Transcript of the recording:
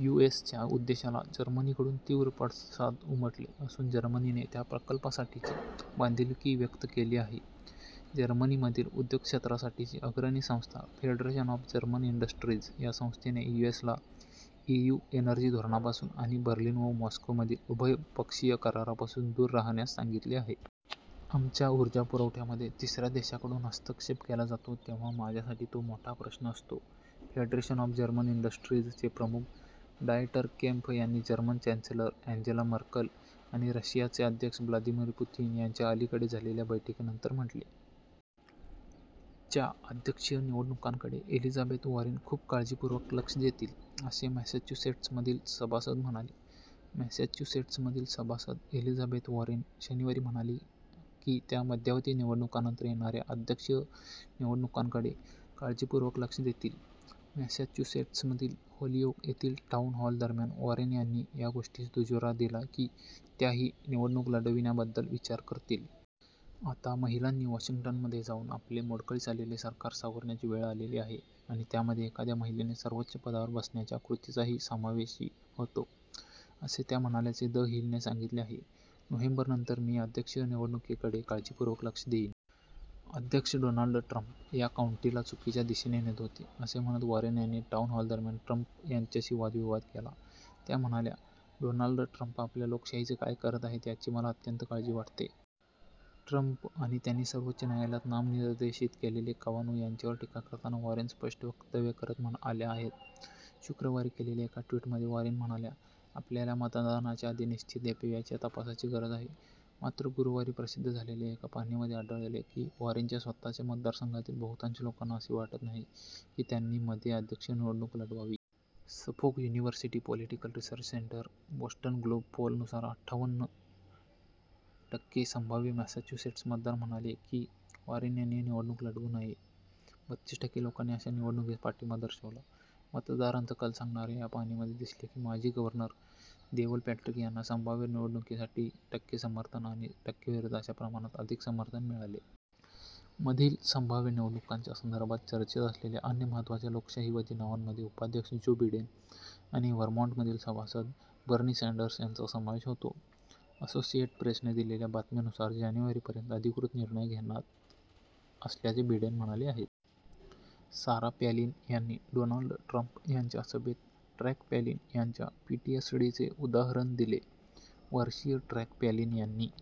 यूएसच्या उद्देशाला जर्मनीकडून तीव्र पडसाद उमटले असून जर्मनीने त्या प्रकल्पासाठीची बांधीलकी व्यक्त केली आहे. जर्मनीमधील उद्योगक्षेत्रासाठीची अग्रणी संस्था फेडरेशन ऑफ जर्मन इंडस्ट्रीज या संस्थेने यूएसला ईयू एनर्जी धोरणापासून आणि बर्लिन व मॉस्कोमधील उभय पक्षीय करारापासून दूर राहण्यास सांगितले आहे. "आमच्या उर्जा पुरवठ्यामध्ये तिसऱ्या देशाकडून हस्तक्षेप केला जातो तेव्हा माझ्यासाठी तो मोठा प्रश्न असतो," फेडरेशन ऑफ जर्मन इंडस्ट्रीजचे प्रमुख डाएटर केम्फ यांनी जर्मन चॅन्सेलर अँन्जेला मर्कल आणि रशियाचे अध्यक्ष ब्लादिमीर पुतिन यांच्या अलीकडे झालेल्या बैठकीनंतर म्हटले. च्या अध्यक्षीय निवडणुकांकडे एलिथाबेथ वॉरेन "खूप काळजीपूर्वक लक्ष" देतील, असे मॅसॅच्युसेट्समधील सभासद म्हणाले. मॅसॅच्युसेट्समधील सभासद एलिझाबेथ वॉरेन शनिवारी म्हणाल्या की त्या मध्यावधी निवडणुकांनंतर येणाऱ्या अध्यक्षीय निवडणुकांकडे "काळजीपूर्वक लक्ष" देतील. मॅसॅच्युसेट्समधील होलीओक येथील टाउन हॉलदरम्यान वॉरेन यांनी या गोष्टीस दुजोरा दिला की त्या ही निवडणूक लढविण्याबद्दल विचार करतील. "आता महिलांनी वॉशिंग्टनमध्ये जाऊन आपले मोडकळीस आलेले सरकार सावरण्याची वेळ आलेली आहे आणि त्यामध्ये एखाद्या महिलेने सर्वोच्च पदावर बसण्याच्या कृतीचाही समावेशी होतो," असे त्या म्हणाल्याचे द हिल ने सांगितले आहे. " नोव्हेंबरनंतर, मी अध्यक्षीय निवडणुकीकडे काळजीपूर्वक लक्ष देईन. " अध्यक्ष डोनाल्ड ट्रम्प "या काउंटीला चुकीच्या दिशेने नेत होते" असे म्हणत वॉरेन यांनी टाउन हॉलदरम्यान ट्रम्प यांच्याशी वादविवाद केला. त्या म्हणाल्या, "डोनाल्ड ट्रम्प आपल्या लोकशाहीचे काय करत आहेत याची मला अत्यंत काळजी वाटते. " ट्रम्प आणि त्यांनी सर्वोच्च न्यायालयात नामनिर्देशित केलेले कवानु यांच्यावर टीका करताना वॉरेन स्पष्ट वक्तव्य करत आल्या आहेत. शुक्रवारी केलेल्या एका ट्विटमध्ये, वॉरेन म्हणाल्या, "आपल्याला मतदानाच्या आधी निश्चितच एफबीआय़च्या तपासाची गरज आहे. " मात्र, गुरुवारी प्रसिद्ध झालेल्या एका पाहणीमध्ये आढळले की वॉरेनच्या स्वतःच्या मतदारसंघातील बहुतांश लोकांना असे वाटत नाही की त्यांनी मध्ये अध्यक्षीय निवडणुक लढवावी. Suffolk University Political Research Center Boston Globe poll नुसार अठ्ठावन्न टक्के "संभाव्य" मॅसॅच्युसेट्स मतदार म्हणाले की वॉरेन यांनी निवडणूक लढवू नये. बत्तीस टक्के लोकांनी अशा निवडणुकीस पाठिंबा दर्शवला. मतदारांचा कल सांगणाऱ्या या पाहणीमध्ये दिसले की माजी गव्हर्नर देवल पॅट्रिक यांना संभाव्य निवडणुकीसाठी टक्के समर्थन आणि टक्के विरोध अशा प्रमाणात अधिक समर्थन मिळाले. मधील संभाव्य निवडणुकांच्या संदर्भात चर्चेत असलेल्या अन्य महत्त्वाच्या लोकशाहीवादी नावांमध्ये उपाध्यक्ष जो बिडेन आणि व्हरमॉन्टमधील सभासद बर्नी सॅंडर्स यांचा समावेश होता. असोसिएट प्रेसने दिलेल्या बातमीनुसार जानेवारीपर्यंत अधिकृत निर्णय घेणार असल्याचे बिडेन म्हणाले आहेत. सारा पॅलिन यांनी डोनाल्ड ट्रम्प यांच्या सभेत ट्रॅक पॅलिन यांच्या पीटीएसडीचे उदाहरण दिले. वर्षीय ट्रॅक पॅलिन यांनी